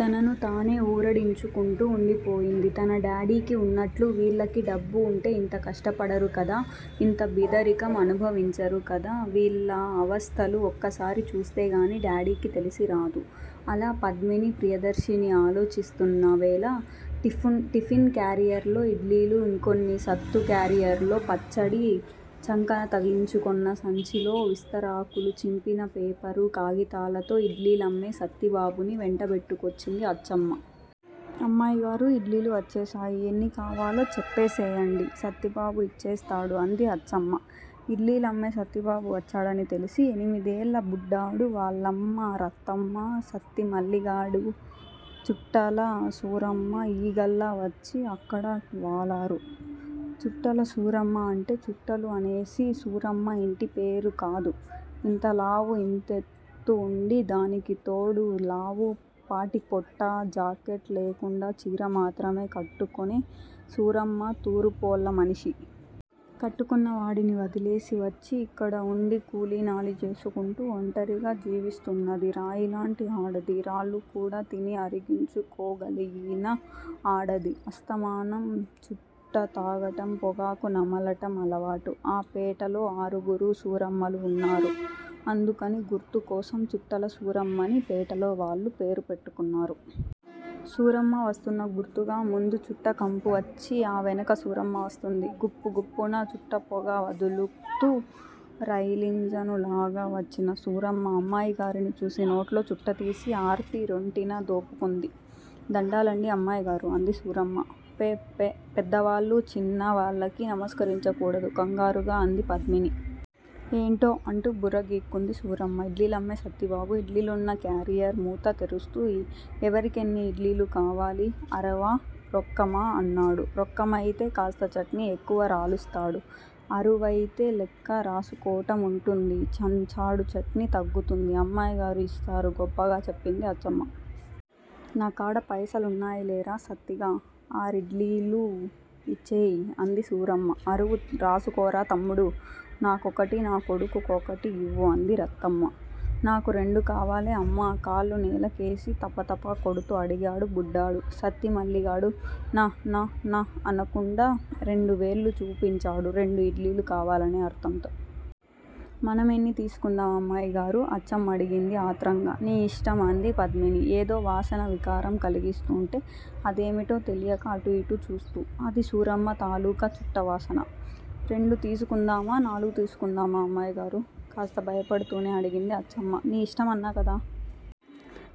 తనను తానే వూరడించుకుంటూ వుండిపోయింది. తన డాడీకి వున్నట్లు వీళ్ళకి డబ్బువుంటే ఇంత కష్టపడరు కదా! ఇంత బీదరికం అనుభవించరు కదా! వీళ్ళ అవస్థలు ఒక్కసారి చూస్తేగాని డాడీకి తెలిసిరాదు అలా పద్మిని ప్రియదర్శిని ఆలోచిస్తున్న వేళ టిఫిన్ క్యారియర్ లో ఇడ్లీలు ఇంకొన్ని సత్తు క్యారియర్ లో పచ్చడి చంకన తగిలించుకున్న సంచీలో విస్తరాకులు చింపిన పేపరు కాగితాలతో ఇడ్లీలమ్మే సత్తిబాబుని వెంటబెట్టుకొచ్చింది అచ్చమ్మ. అమ్మాయిగారూ! ఇడ్లీలు వచ్చేశాయి. ఎన్నికావాలో చెప్పేసేయండి. సత్తిబాబు ఇచ్చేస్తాడు అంది అచ్చమ్మ. ఇడ్లీలమ్మే సత్తిబాబు వచ్చాడని తెలిసి ఎనిమిదేళ్ళ బుడ్డాడు వాళ్ళమ్మ రత్తమ్మ, సత్తిమల్లిగాడు, చుట్టల సూరమ్మ ఈగల్లావచ్చి అక్కడ వాలారు. చుట్టల సూరమ్మ అంటే చుట్టలు అనేసి సూరమ్మ ఇంటిపేరు కాదు. ఇంతలావు ఇంతెత్తువుండి దానికితోడు లావుపాటిపొట్ట జాకెట్ లేకుండా చీరమాత్రమే కట్టుకునే సూరమ్మ తూరుపోళ్ళమనిషి. కట్టుకున్న వాడిని వదిలేసివచ్చి ఇక్కడ వుండి కూలినాలి చేసుకుంటూ ఒంటరిగా జీవిస్తున్నది. రాయిలాంటి ఆడది రాళ్ళు కూడా తిని అరించుకోగలిగిన ఆడది. అస్తమానం చుట్ట తాగటం, పొగాకు నమలటం అలవాటు. ఆ పేటలో ఆరుగురు సూరమ్మలు ఉన్నారు. అందుకని గుర్తుకోసం చుట్టల సూరమ్మని పేటలో వాళ్ళు పేరు పెట్టుకున్నారు. సూరమ్మ వస్తున్న గుర్తుగా ముందు చుట్ట కంపు వచ్చి ఆ వెనుక సూరమ్మ వస్తుంది. గుప్పు గుప్పున చుట్టపొగ వదులుతూ రైలింజనులాగ వచ్చిన సూరమ్మ అమ్మాయిగారిని చూసి నోట్లో చుట్టతీసి ఆర్పి రొంటిన దోపుకుంది. దండాలండీ అమ్మాయిగారూ! అంది సూరమ్మ. పె పెద్దవాళ్ళు చిన్నవాళ్ళకి నమస్కరించకూడదు కంగారుగా అంది పద్మిని. ఏంటో అంటూ బుర్రగీక్కుంది సూరమ్మ. ఇడ్లీలమ్మే సత్తిబాబు ఇడ్లీలున్న క్యారియర్ మూత తెరుస్తూ ఎవరికెన్ని ఇడ్లీలు కావాలి. అరువా, రొక్కమా అన్నాడు. రొక్కమయితే కాస్త చట్నీ ఎక్కువ రాలుస్తాడు. అరువయితే లెక్క రాసుకోటం వుంటుంది. చంచాడు చట్నీ తగ్గుతుంది. అమ్మాయిగారు ఇస్తారు గొప్పగా చెప్పింది అచ్చమ్మ. నా కాడ పైసలున్నయిలేరా సత్తిగా! ఆరిడ్డిలీలు ఇచ్చేయి అంది సూరమ్మ. అరువు రాసుకోరా తమ్ముడూ! నాకొకటి నా కొడుకు కొకటి ఇవ్వు అంది రత్తమ్మ. నాకు రెండు కావాలే అమ్మా కాళ్ళు నేలకేసి తపతపకొడుతూ అడిగాడు బుడ్డాడు. సత్తి మల్లిగాడు న న న అనకుండా రెండు వేళ్ళు చూపించాడు రెండు ఇడ్లీలు కావాలనే అర్ధంతో. మనం ఎన్ని తీసుకుందాం అమ్మాయిగారూ అచ్చమ్మడిగింది ఆత్రంగ. నీ ఇష్టం అంది పద్మిని ఏదో వాసన వికారం కలిగిస్తుంటే అదేమిటో తెలియక అటు ఇటు చూస్తూ. అది సూరమ్మ తాలూకా చుట్టవాసన. రెండు తీసుకుందామా నాలుగు తీసుకుందామా అమ్మాయిగారూ! కాస్త భయపడుతూనే అడిగింది అచ్చమ్మ. నీ ఇష్టమన్నా కదా!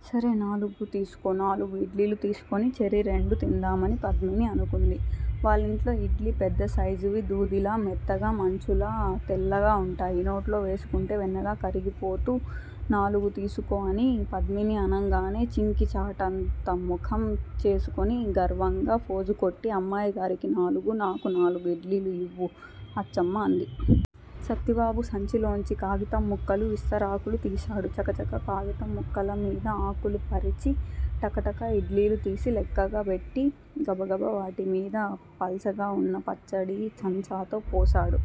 సరే నాలుగు తీసుకో నాలుగు ఇడ్లీలు తీసుకుని చెరి రెండూ తిందామని పద్మిని అనుకుంది. వాళ్ళింట్లో ఇడ్లీ పెద్ద సైజువి దూదిలా మెత్తగా మంచులా తెల్లగా వుంటాయి. నోట్లో వేసుకుంటే వెన్నలా కరిగిపోతూ నాలుగు తీసుకో అని పద్మిని అనంగానే చింకి చాటంత ముఖం చేసుకుని గర్వంగా ఫోజుకొట్టి అమ్మాయిగారికి నాలుగు నాకు నాలుగు ఇడ్లీలు ఇవ్వు అచ్చమ్మ అంది. సత్తిబాబు సంచిలోంచి కాగితం ముక్కలు విస్తరాకులు తీశాడు. చకచక కాగితం ముక్కలమీద ఆకులు పరిచి టకటక ఇడ్లీలు తీసి లెక్కగపెట్టి గబగబ వాటిమీద పల్చగవున్న పచ్చడి చంచాతో పోశాడు.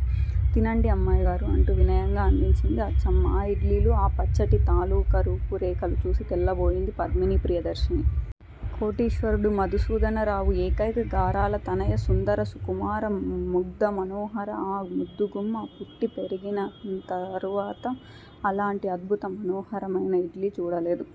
తినండి అమ్మాయిగారూ అంటూ వినయంగా అందించింది అచ్చమ్మ. ఆ ఇడ్లీలు ఆ పచ్చటి తాలూకా రూపురేఖలు చూసి తెల్లబోయింది పద్మిని ప్రియదర్శిని. కోటీశ్వరుడు మధుసూదనరావు ఏకైక గారాల తనయ సుందర సుకుమార ముగ్ధమనోహర ఆ ముద్దుగుమ్మ పుట్టి పెరిగింతరువాత అలాంటి అద్భుత మనోహరమైన ఇడ్లీ చూడలేదు.